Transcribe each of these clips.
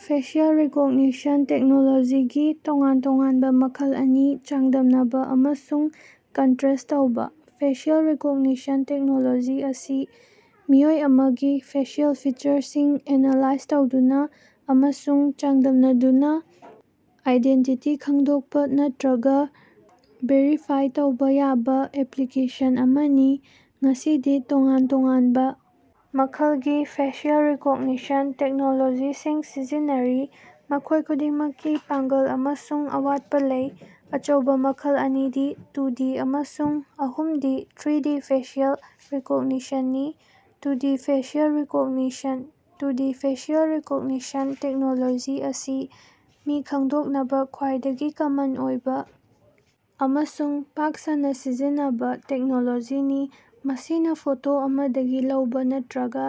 Facial recognition ꯇꯦꯛꯅꯣꯂꯣꯖꯤꯒꯤ ꯇꯣꯉꯥꯟ-ꯇꯣꯉꯥꯟꯕ ꯃꯈꯜ ꯑꯅꯤ ꯆꯥꯡꯗꯝꯅꯕ ꯑꯃꯁꯨꯡ ꯀꯟꯇ꯭ꯔꯦꯁ ꯇꯧꯕ꯫ ꯐꯦꯁꯤꯑꯦꯜ ꯔꯤꯀꯣꯒꯅꯤꯁꯟ ꯇꯦꯛꯅꯣꯂꯣꯖꯤ ꯑꯁꯤ ꯃꯤꯑꯣꯏ ꯑꯃꯒꯤ ꯐꯦꯁꯤꯑꯦꯜ ꯐꯤꯆꯔꯁꯤꯡ ꯑꯦꯅꯥꯂꯥꯏꯖ ꯇꯧꯗꯨꯅ ꯑꯃꯁꯨꯡ ꯆꯥꯡꯗꯝꯅꯗꯨꯅ ꯑꯥꯏꯗꯦꯟꯇꯤꯇꯤ ꯈꯪꯗꯣꯛꯄ ꯅꯠꯇ꯭ꯔꯒ ꯚꯦꯔꯤꯐꯥꯏ ꯇꯧꯕ ꯌꯥꯕ ꯑꯦꯄ꯭ꯂꯤꯀꯦꯁꯟ ꯑꯃꯅꯤ꯫ ꯉꯁꯤꯗꯤ ꯇꯣꯉꯥꯟ ꯇꯣꯉꯥꯟꯕ ꯃꯈꯜꯒꯤ ꯐꯦꯁꯤꯑꯦꯜ ꯔꯤꯀꯣꯒꯅꯤꯁꯟ ꯇꯦꯛꯅꯣꯂꯣꯖꯤꯁꯤꯡ ꯁꯤꯖꯤꯟꯅꯔꯤ, ꯃꯈꯣꯏ ꯈꯨꯗꯤꯡꯃꯛꯀꯤ ꯄꯥꯡꯒꯜ ꯑꯃꯁꯨꯡ ꯑꯋꯥꯠꯄ ꯂꯩ꯫ ꯑꯆꯧꯕ ꯃꯈꯜ ꯑꯅꯤꯗꯤ ꯇꯨꯗꯤ ꯑꯃꯁꯨꯡ ꯑꯍꯨꯝꯗꯤ ꯊ꯭ꯔꯤꯗꯤ ꯐꯦꯁꯤꯑꯦꯜ ꯔꯤꯀꯣꯒꯅꯤꯁꯟꯅꯤ꯫ Two D facial recognition: two D facial recognition technology ꯑꯁꯤ ꯃꯤ ꯈꯪꯗꯣꯛꯅꯕ ꯈ꯭ꯋꯥꯏꯗꯒꯤ ꯀꯃꯟ ꯑꯣꯏꯕ ꯑꯃꯁꯨꯡ ꯄꯥꯛ ꯁꯟꯅ ꯁꯤꯖꯤꯟꯅꯕ ꯇꯦꯛꯅꯣꯂꯣꯖꯤꯅꯤ꯫ ꯃꯁꯤꯅ ꯐꯣꯇꯣ ꯑꯃꯗꯒꯤ ꯂꯧꯕ ꯅꯠꯇ꯭ꯔꯒ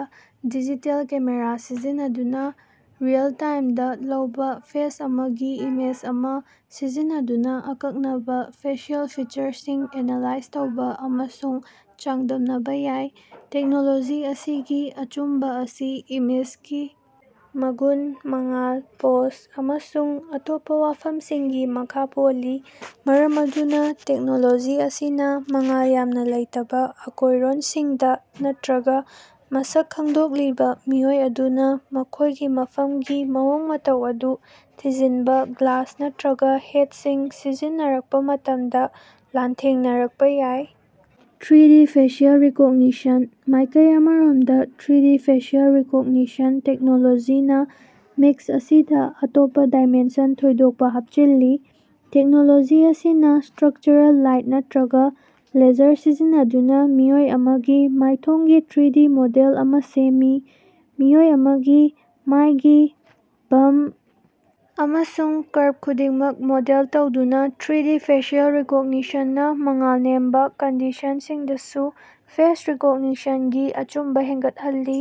ꯗꯤꯖꯤꯇꯦꯜ ꯀꯦꯃꯦꯔꯥ ꯁꯤꯖꯤꯟꯅꯗꯨꯅ ꯔꯤꯑꯦꯜ-ꯇꯥꯏꯝꯗ ꯂꯧꯕ ꯐꯦꯁ ꯑꯃꯒꯤ ꯏꯃꯦꯖ ꯑꯃ ꯁꯤꯖꯤꯟꯅꯗꯨꯅ ꯑꯀꯛꯅꯕ ꯐꯦꯁꯤꯑꯦꯜ ꯐꯤꯆꯔꯁꯤꯡ ꯑꯦꯅꯥꯂꯥꯏꯖ ꯇꯧꯕ ꯑꯃꯁꯨꯡ ꯆꯥꯡꯗꯝꯅꯕ ꯌꯥꯏ꯫ ꯇꯦꯛꯅꯣꯂꯣꯖꯤ ꯑꯁꯤꯒꯤ ꯑꯆꯨꯝꯕ ꯑꯁꯤ ꯏꯃꯦꯖꯒꯤ ꯃꯒꯨꯟ, ꯃꯉꯥꯜ, ꯄꯣꯖ ꯑꯃꯁꯨꯡ ꯑꯇꯣꯞꯄꯥ ꯋꯥꯐꯝꯁꯤꯡꯒꯤ ꯃꯈ ꯄꯣꯜꯂꯤ꯫ ꯃꯔꯝ ꯑꯗꯨꯅ ꯇꯦꯛꯅꯣꯂꯣꯖꯤ ꯑꯁꯤꯅ ꯃꯉꯥꯜ ꯌꯥꯝꯅ ꯂꯩꯇꯕ ꯑꯀꯣꯏꯔꯣꯟꯁꯤꯡꯗ, ꯅꯠꯇ꯭ꯔꯒ ꯃꯁꯛ ꯈꯪꯗꯣꯛꯂꯤꯕ ꯃꯤꯑꯣꯏ ꯑꯗꯨꯅꯥ ꯃꯈꯣꯏꯒꯤ ꯃꯐꯝꯒꯤ ꯃꯑꯣꯡ-ꯃꯇꯧ ꯑꯗꯨ ꯊꯤꯡꯖꯤꯟꯕ ꯒ꯭ꯂꯥꯁ ꯅꯠꯇ꯭ꯔꯒ ꯍꯦꯠꯁꯤꯡ ꯁꯤꯖꯤꯟꯅꯔꯛꯄ ꯃꯇꯝꯗ ꯂꯥꯟꯊꯦꯡꯅꯔꯛꯄ ꯌꯥꯏ꯫ ꯊ꯭ꯔꯤꯗꯤ ꯐꯦꯁꯤꯑꯦꯜ ꯔꯤꯀꯣꯒꯅꯤꯁꯟ: ꯃꯥꯏꯀꯩ ꯑꯃꯔꯣꯝꯗ ꯊ꯭ꯔꯤꯗꯤ ꯐꯦꯁꯤꯑꯦꯜ ꯔꯤꯀꯣꯒꯅꯤꯁꯟ ꯇꯦꯛꯅꯣꯂꯣꯖꯤꯅ ꯃꯤꯛꯁ ꯑꯁꯤꯗ ꯑꯇꯣꯞꯄ ꯗꯥꯏꯃꯦꯟꯁꯟ ꯊꯣꯏꯗꯣꯛꯄ ꯍꯥꯞꯆꯤꯜꯂꯤ꯫ ꯇꯦꯛꯅꯣꯂꯣꯖꯤ ꯑꯁꯤꯅ ꯁ꯭ꯇꯔꯛꯆꯔꯦꯜ ꯂꯥꯏꯠ ꯅꯠꯇ꯭ꯔꯒ ꯂꯦꯖꯔ ꯁꯤꯖꯤꯟꯅꯗꯨꯅ ꯃꯤꯑꯣꯏ ꯑꯃꯒꯤ ꯃꯥꯏꯊꯣꯡꯒꯤ ꯊ꯭ꯔꯤꯗꯤ ꯃꯣꯗꯦꯜ ꯑꯃ ꯁꯦꯝꯃꯤ꯫ ꯃꯤꯑꯣꯏ ꯑꯃꯒꯤ ꯃꯥꯏꯒꯤ ꯕꯝꯄ ꯑꯃꯁꯨꯡ ꯀꯔꯕ ꯈꯨꯗꯤꯡꯃꯛ ꯃꯣꯗꯦꯜ ꯇꯧꯗꯨꯅ ꯊ꯭ꯔꯤꯗꯤ ꯐꯦꯁꯤꯑꯦꯜ ꯔꯤꯀꯣꯒꯅꯤꯁꯟꯅ ꯃꯉꯥꯜ ꯅꯦꯝꯕ ꯀꯟꯗꯤꯁꯟꯁꯤꯡꯗꯁꯨ ꯐꯦꯁ ꯔꯤꯀꯣꯒꯅꯤꯁꯟꯒꯤ ꯑꯆꯨꯝꯕ ꯍꯦꯟꯒꯠꯍꯜꯂꯤ꯫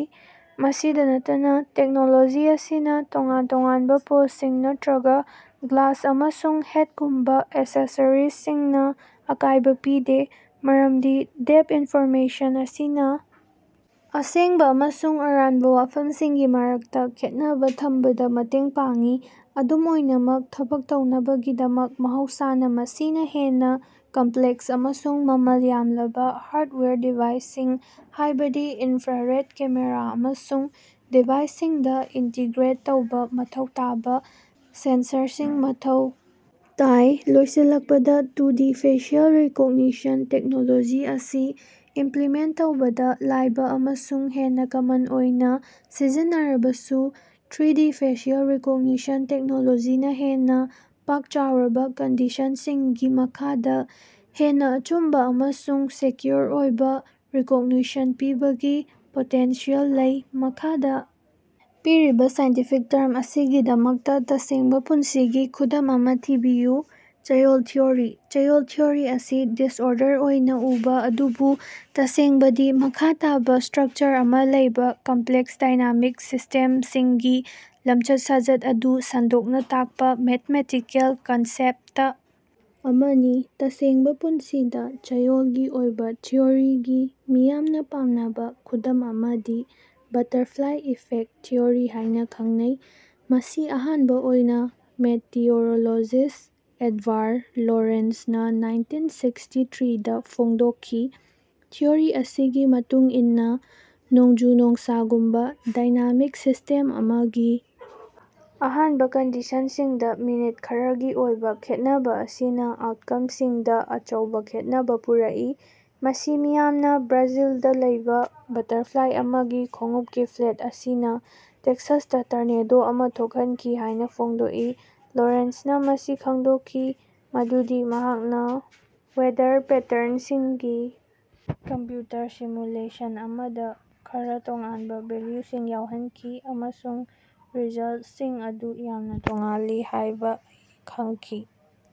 ꯃꯁꯤꯗ ꯅꯠꯇꯅ, ꯇꯦꯛꯅꯣꯂꯣꯖꯤ ꯑꯁꯤꯅ ꯇꯣꯉꯥꯟ ꯇꯣꯉꯥꯟꯕ ꯄꯣꯖꯁꯤꯡ ꯅꯠꯇ꯭ꯔꯒ ꯒ꯭ꯂꯥꯁ ꯑꯃꯁꯨꯡ ꯍꯦꯠꯒꯨꯝꯕ ꯑꯦꯛꯁꯦꯁꯔꯤꯖꯁꯤꯡꯅ ꯑꯀꯥꯏꯕ ꯄꯤꯗꯦ ꯃꯔꯝꯗꯤ ꯗꯦꯞꯊ ꯏꯟꯐꯣꯔꯃꯦꯁꯟ ꯑꯁꯤꯅ ꯑꯁꯦꯡꯕ ꯑꯃꯁꯨꯡ ꯑꯔꯥꯟꯕ ꯋꯥꯐꯝꯁꯤꯡꯒꯤ ꯃꯔꯛꯇ ꯈꯦꯠꯅꯕ ꯊꯝꯕꯗ ꯃꯇꯦꯡ ꯄꯥꯡꯏ꯫ ꯑꯗꯨꯝ ꯑꯣꯏꯅꯃꯛ, ꯊꯕꯛ ꯇꯧꯅꯕꯒꯤꯗꯃꯛ, ꯃꯍꯧꯁꯥꯅ ꯃꯁꯤꯅ ꯍꯦꯟꯅ ꯀꯝꯄ꯭ꯂꯦꯛꯁ ꯑꯃꯁꯨꯡ ꯃꯃꯜ ꯌꯥꯝꯂꯕ ꯍꯥꯔꯗꯋꯥꯌꯔ ꯗꯤꯚꯥꯏꯁꯁꯤꯡ ꯍꯥꯏꯕꯗꯤ ꯏꯟꯐ꯭ꯔꯥꯔꯦꯗ ꯀꯦꯃꯦꯔꯥ ꯑꯃꯁꯨꯡ ꯗꯤꯚꯥꯏꯁꯁꯤꯡꯗ ꯏꯟꯇꯤꯒ꯭ꯔꯦꯠ ꯇꯧꯕ ꯃꯊꯧ ꯇꯥꯕ ꯁꯦꯟꯁꯔꯁꯤꯡ ꯃꯊꯧ ꯇꯥꯏ꯫ ꯂꯣꯏꯁꯤꯜꯂꯛꯄꯗ ꯇꯨꯗꯤ ꯐꯦꯁꯤꯑꯦꯜ ꯔꯤꯀꯣꯒꯅꯤꯁꯟ ꯇꯦꯛꯅꯣꯂꯣꯖꯤ ꯑꯁꯤ ꯏꯝꯄ꯭ꯂꯤꯃꯦꯟꯇ ꯇꯧꯕꯗ ꯂꯥꯏꯕ ꯑꯃꯁꯨꯡ ꯍꯦꯟꯅ ꯀꯃꯟ ꯑꯣꯏꯅ ꯁꯤꯖꯤꯟꯅꯔꯕꯁꯨ, ꯊ꯭ꯔꯤꯗꯤ ꯐꯦꯁꯤꯑꯦꯜ ꯔꯤꯀꯣꯒꯅꯤꯁꯟ ꯇꯦꯛꯅꯣꯂꯣꯖꯤꯅ ꯍꯦꯟꯅ ꯄꯥꯛ-ꯆꯥꯎꯔꯕ ꯀꯟꯗꯤꯁꯟꯁꯤꯡꯒꯤ ꯃꯈꯥꯗ ꯍꯦꯟꯅ ꯑꯆꯨꯝꯕ ꯑꯃꯁꯨꯡ ꯁꯦꯀ꯭ꯌꯨꯔ ꯑꯣꯏꯕ ꯔꯤꯀꯣꯒꯅꯤꯁꯟ ꯄꯤꯕꯒꯤ ꯄꯣꯇꯦꯟꯁꯤꯌꯦꯜ ꯂꯩ꯫ ꯃꯈꯥꯗ ꯄꯤꯔꯤꯕ ꯁꯥꯏꯟꯇꯤꯐꯤꯛ ꯇꯔꯝ ꯑꯁꯤꯒꯤꯗꯃꯛꯇ ꯇꯁꯦꯡꯕ ꯄꯨꯟꯁꯤꯒꯤ ꯈꯨꯗꯝ ꯑꯃ ꯊꯤꯕꯤꯌꯨ꯫ ꯆꯌꯣꯜ ꯊꯤꯑꯣꯔꯤ꯫ ꯆꯌꯣꯜ ꯊꯤꯑꯣꯔꯤ ꯑꯁꯤ ꯗꯤꯁꯑꯣꯔꯗꯔ ꯑꯣꯏꯅ ꯎꯕ, ꯑꯗꯨꯕꯨ ꯇꯁꯦꯡꯕꯗꯤ ꯃꯈꯥ ꯇꯥꯕ ꯁ꯭ꯇꯔꯛꯆꯔ ꯑꯃ ꯂꯩꯕ ꯀꯝꯄ꯭ꯂꯦꯛꯁ, ꯗꯥꯏꯅꯥꯃꯤꯛ ꯁꯤꯁꯇꯦꯝꯁꯤꯡꯒꯤ ꯂꯝꯆꯠ-ꯁꯥꯖꯠ ꯑꯗꯨ ꯁꯟꯗꯣꯛꯅ ꯇꯥꯛꯄ ꯃꯦꯊꯃꯦꯇꯤꯀꯦꯜ ꯀꯟꯁꯦꯞꯇ ꯑꯃꯅꯤ꯫ ꯇꯁꯦꯡꯕ ꯄꯨꯟꯁꯤꯗ ꯆꯌꯣꯜꯒꯤ ꯑꯣꯏꯕ ꯊꯤꯑꯣꯔꯤꯒꯤ ꯃꯤꯌꯥꯝꯅ ꯄꯥꯝꯅꯕ ꯈꯨꯗꯝ ꯑꯃꯗꯤ "ꯕꯇꯔꯐ꯭ꯂꯥꯏ ꯏꯐꯦꯛꯇ" ꯊꯤꯑꯣꯔꯤ ꯍꯥꯏꯅ ꯈꯪꯅꯩ, ꯃꯁꯤ ꯑꯍꯥꯟꯕ ꯑꯣꯏꯅ ꯃꯦꯇꯤꯑꯣꯔꯣꯂꯣꯖꯤꯁ꯭ꯠ ꯑꯦꯗꯕꯥꯔꯗ ꯂꯣꯔꯦꯟꯖꯅ ꯅꯥꯏꯟꯇꯤꯟ ꯁꯥꯛꯁꯇꯤ ꯊ꯭ꯔꯤꯗ ꯐꯣꯡꯗꯣꯛꯈꯤ, ꯊꯤꯑꯣꯔꯤ ꯑꯁꯤꯒꯤ ꯃꯇꯨꯡ ꯏꯟꯅ, ꯅꯣꯡꯖꯨ-ꯅꯨꯡꯁꯥꯒꯨꯝꯕ ꯗꯥꯏꯅꯥꯃꯤꯛ ꯁꯤꯁꯇꯦꯝ ꯑꯃꯒꯤ ꯑꯍꯥꯟꯕ ꯀꯟꯗꯤꯁꯟꯁꯤꯡꯗ ꯃꯤꯅꯤꯠ ꯈꯔꯒꯤ ꯑꯣꯏꯕ ꯈꯦꯠꯅꯕ ꯑꯁꯤꯅ ꯑꯥꯎꯠꯀꯝꯁꯤꯡꯗ ꯑꯆꯧꯕ ꯈꯦꯠꯅꯕ ꯄꯨꯔꯛꯏ꯫ ꯃꯁꯤ ꯃꯤꯌꯥꯝꯅ ꯕ꯭ꯔꯥꯖꯤꯜꯗ ꯂꯩꯕ ꯕꯇꯔꯐ꯭ꯂꯥꯏ ꯑꯃꯒꯤ ꯈꯣꯡꯎꯞꯀꯤ ꯐ꯭ꯂꯦꯞ ꯑꯁꯤꯅ ꯇꯦꯛꯁꯥꯁꯇ ꯇꯔꯅꯦꯗꯣ ꯑꯃ ꯊꯣꯛꯍꯟꯈꯤ ꯍꯥꯏꯅ ꯐꯣꯡꯗꯣꯛꯏ꯫ ꯂꯣꯔꯦꯟꯖꯅ ꯃꯁꯤ ꯈꯪꯗꯣꯛꯈꯤ ꯃꯗꯨꯗꯤ ꯃꯍꯥꯛꯅ ꯋꯦꯗꯔ ꯄꯦꯇꯔꯟꯁꯤꯡꯒꯤ ꯀꯝꯄ꯭ꯌꯨꯇꯔ ꯁꯤꯃꯨꯂꯦꯁꯟ ꯑꯃꯗ ꯈꯔ ꯇꯣꯉꯥꯟꯕ ꯚꯦꯂ꯭ꯌꯨꯁꯤꯡ ꯌꯥꯎꯍꯟꯈꯤ ꯑꯃꯁꯨꯡ ꯔꯤꯖꯜꯇꯁꯤꯡ ꯑꯗꯨ ꯌꯥꯝꯅ ꯇꯣꯉꯥꯜꯂꯤ ꯍꯥꯏꯕ ꯈꯪꯈꯤ꯫